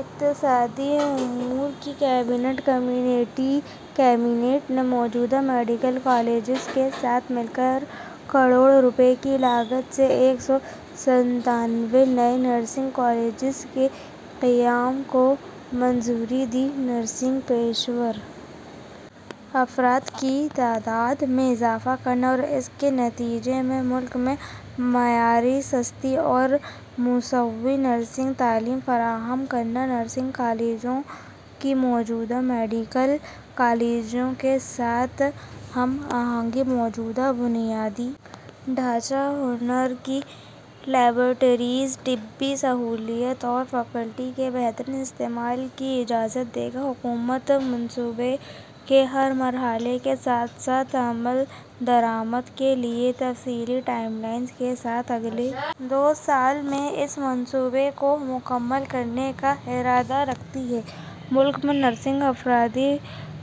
اقتصادی امور کی کابینہ کمیٹی کابینہ نے موجودہ میڈیکل کالجوں کے ساتھ مل کر کروڑ روپے کی لاگت سے ایک سو ستانوے نئے نرسنگ کالجوں کے قیام کو منظوری دی نرسنگ پیشہ ور افراد کی تعداد میں اضافہ کرنا اور اس کے نتیجے میں ملک میں معیاری سستی اور مساوی نرسنگ تعلیم فراہم کرنا نرسنگ کالجوں کی موجودہ میڈیکل کالجوں کے ساتھ ہم آہنگی موجودہ بنیادی ڈھانچہ ہنر کی لیبارٹریوں طبی سہولیات اور فیکلٹی کے بہترین استعمال کی اجازت دے گی حکومت منصوبے کے ہر مرحلے کے ساتھ ساتھ عمل درآمد کے لیے تفصیلی ٹائم لائنز کے ساتھ اگلے دو سال میں اس منصوبے کو مکمل کرنے کا ارادہ رکھتی ہے ملک میں نرسنگ افرادی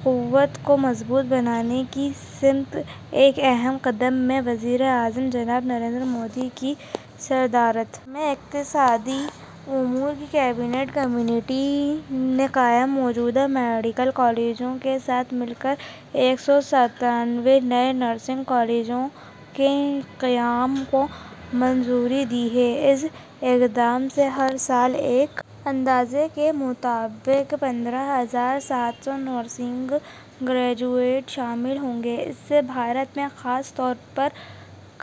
قوت کو مضبوط بنانے کی سمت ایک اہم قدم میں وزیر اعظم جناب نریندر مودی کی صدارت میں اقتصادی امور کی کابینہ کمیٹی نے قائم موجودہ میڈیکل کالجوں کے ساتھ مل کر ایک سو ستانوے نئے نرسنگ کالجوں کے قیام کو منظوری دی ہے اس اقدام سے ہر سال ایک اندازے کے مطابق پندرہ ہزار سات سو نرسنگ گریجویٹس شامل ہوں گے اس سے بھارت میں خاص طور پر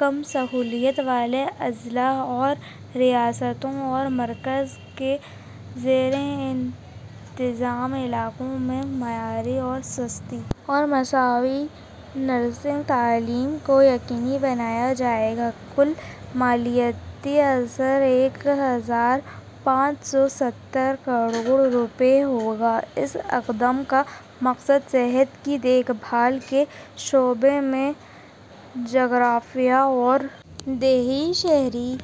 کم سہولت والے اضلاع اور ریاستوں مرکز کے زیر انتظام علاقوں میں معیاری سستی اور مساوی نرسنگ تعلیم کو یقینی بنایا جائے گا کل مالیاتی اثر ایک ہزار پانچ سو ستر کروڑ روپے ہوگا اس اقدام کا مقصد صحت کی دیکھ بھال کے شعبے میں جغرافیائی اور دیہی شہری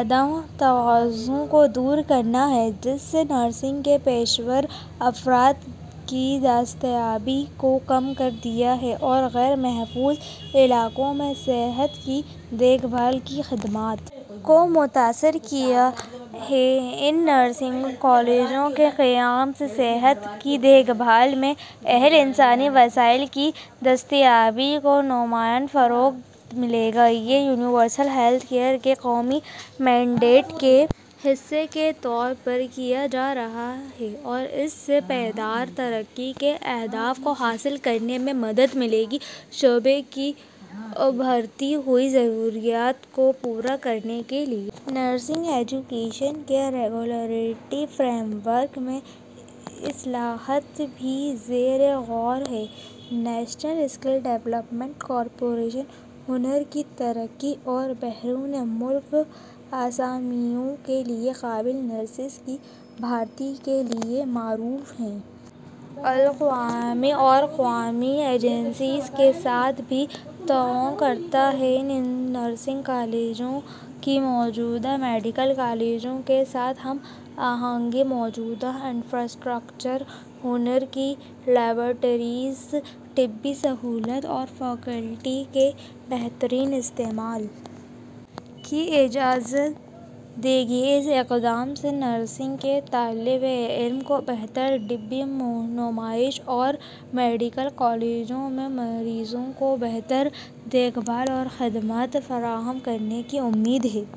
عدم توازن کو دور کرنا ہے جس نے نرسنگ کے پیشہ ور افراد کی دستیابی کو کم کر دیا ہے اور غیر محفوظ علاقوں میں صحت کی دیکھ بھال کی خدمات کو متاثر کیا ہے ان نرسنگ کالجوں کے قیام سے صحت کی دیکھ بھال میں اہل انسانی وسائل کی دستیابی کو نمایاں فروغ ملے گا یہ یونیورسل ہیلتھ کیئر کے قومی مینڈیٹ کے حصے کے طور پر بھی کیا جا رہا ہے اور اس سے پائیدار ترقی کے اہداف کو حاصل کرنے میں مدد ملے گی شعبہ کی ابھرتی ہوئی ضروریات کو پورا کرنے کے لیے نرسنگ ایجوکیشن کے ریگولیٹری فریم ورک میں اصلاحات بھی زیر غور ہیں نیشنل اسکل ڈیولپمنٹ کارپوریشن ہنر کی ترقی اور بیرون ملک اسامیوں کے لیے قابل نرسوں کی بھرتی کے لیے معروف بین الاقوامی اور قومی ایجنسیوں کے ساتھ بھی تعاون کرتا ہے ان نرسنگ کالجوں کی موجودہ میڈیکل کالجوں کے ساتھ ہم آہنگی موجودہ انفراسٹرکچر ہنر کی لیبارٹریوں طبی سہولیات اور فیکلٹی کے بہترین استعمال کی اجازت دے گی اس اقدام سے نرسنگ کے طالب علموں کو بہتر طبی نمائش اور میڈیکل کالجوں میں مریضوں کو بہتر دیکھ بھال اور خدمات فراہم کرنے کی امید ہے